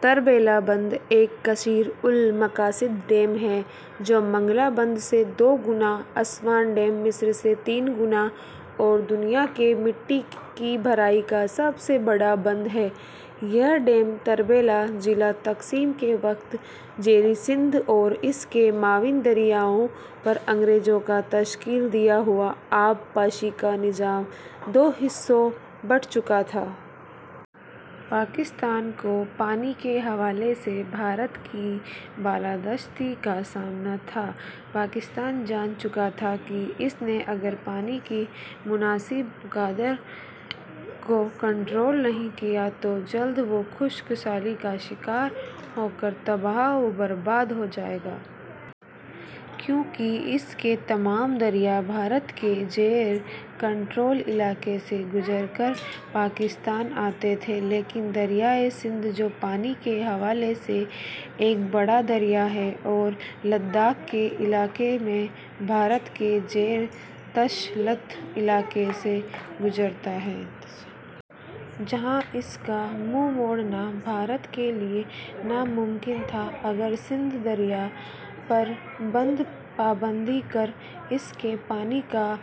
تربیلا بند ایک کثیر المقاصد ڈیم ہے جو منگلا بند سے دو گنا، اسوان ڈیم مصر سے تین گنا اور دنیا میں مٹی کی بھرائی کا سب سے بڑا بند ہے۔ یہ ڈیم تربیلا ، ضلع تقسیم کے وقت زیریں سندھ اور اس کے معاون دریاؤں پر انگریزوں کا تشکیل دیا ہوا آبپاشی کا نظام دو حصوں بٹ چکا تھا۔ پاکستان کو پانی کے حوالے سے بھارت کی بالادستی کا سامنا تھا۔ پاکستان جان چکا تھا کہ اس نے اگر پانی کی مناسب مقدار کو کنٹرول نہیں کیا تو جلد وہ خشک سالی کا شکار ہوکر تباہ وہ برباد ہوجائے گا۔ کیوں کہ اس کے تمام دریا بھارت کے زیر کنٹرول علاقہ سے گذر کر پاکستان آتے تھے۔ لیکن دریائے سندھ جو پانی کے حوالے سے ایک بڑا دریا ہے اور لداخ کے علاقہ میں بھارت کے زیر تسلط علاقے سے گزرتا ہے۔ جہاں اس کا منہ موڑنا بھارت کے لیے ناممکن تھا۔ اگر سندھ دریا پر بند باندھ کر اس کے پانی کا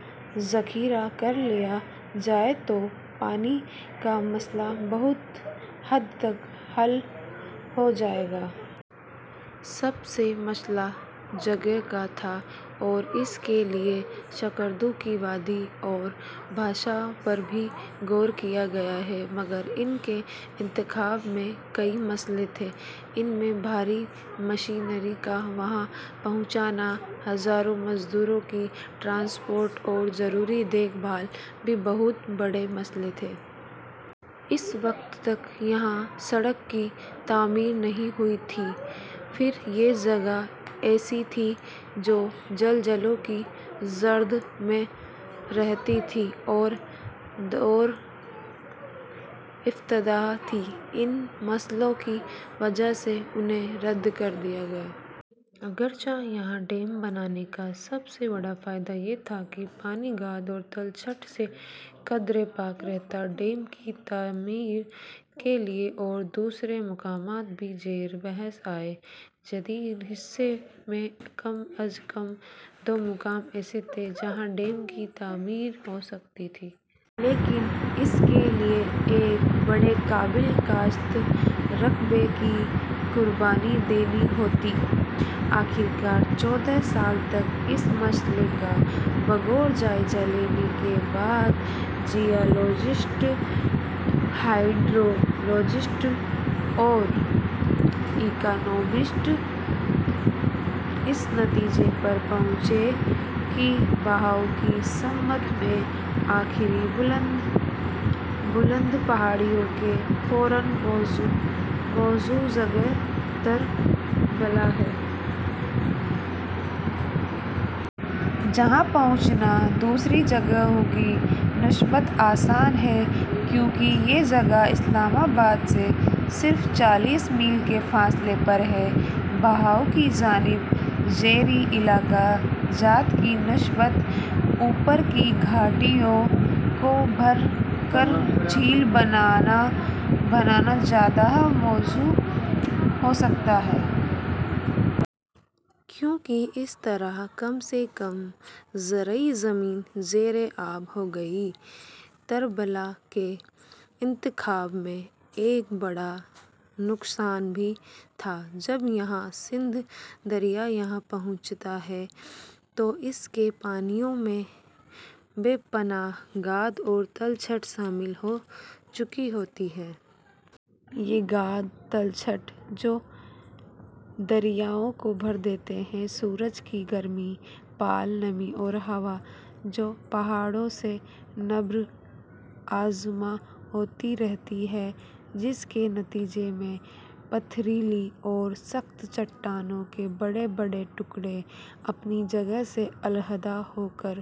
ذخیرہ کر لیا جائے تو پانی کا مسلہ بہت حد تک حل ہوجائے گا۔ سب سے مسلہ جگہ کا تھا اور اس کے لیے سکردو کی وادی اور بھاشاہ پر بھی غور کیا گیا، مگر ان کے انتخاب میں کئی مسلے تھے۔ ان میں بھاری مشینری کا وہاں پہچانا، ہزاروں مزدوروں کی ٹرانسپورٹ اور ضروری دیکھ بھال بھی بہت بڑے مسلے تھے۔ اس وقت تک یہاں سڑک کی تعمیر نہیں ہوئی تھی۔ پھر یہ جگہ ایسی تھی جو زلزلوں کی زرد میں رہتی تھی اور دور افتادہ تھی۔ ان مسلوں کی وجہ سے انھیں رد کر دیا گیا۔ اگرچہ یہاں ڈیم بنانے کا سب سے بڑا فائدہ یہ تھا کہ پانی گاد اور تلچھٹ سے قدرے پاک رہتا۔ ڈیم کی تعمیر کے لیے اور دوسرے مقامات بھی زیر بحث آئے۔ زیریں حصے میں کم از کم دو مقام ایسے تھے، جہاں ڈیم کی تعمیر ہو سکتی تھی۔ لیکن اس کے لیے ایک بڑے قابل کاشت رقبہ کی قربانی دینی ہوتی۔ آخر کار چودہ سال تک اس مسلہ کا بغور جائزہ لینے کے بعد جیالوجسٹ، ہائیڈرولوجست اور اکانومسٹ اس نتیجے پر پہنچے کہ بہاوَ کی سمت میں آخری بلند پہاڑیوں کے فوراً موزوں جگہ تربیلہ ہے۔ جہاں پہنچنا دوسری جگہوں کی نسبت آسان ہے۔ کیوں کہ یہ جگہ اسلام آباد سے صرف چالیس میل کے فاصلے پر ہے۔ بہاوَ کی جانب زیریں علاقہ جات کی نسبت اوپر کی گھاٹیوں کو بھر کر جھیل بنانا زیادہ موزوں ہو سکتا ہے۔ کیوں کہ اس طرح کم سے کم زرعی زمین زیر آب ہوگی۔ تربیلہ کے انتخاب میں ایک بڑا نقصان بھی تھا۔ جب یہاں سندھ دریا یہاں پہنچتا ہے تو اس کے پانیوں میں بے پناہ گاد اور تلچھٹ شامل ہو چکی ہوتی ہے۔ یہ گاد تلچھٹ جو دریاؤں کو بھر دیتے ہیں۔ سورج کی گرمی، پالا، نمی اور ہوا جو پہاڑوں سے نبر آزما ہوتی رہتی ہے۔ جس کے نتیجے میں پتھریلی اور سخت چٹانوں کے بڑے بڑے ٹکرے اپنی جگہ سے علحیدہ ہوکر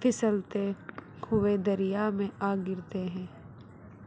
پھسلتے ہوئے دریا میں آگرتے ہیں۔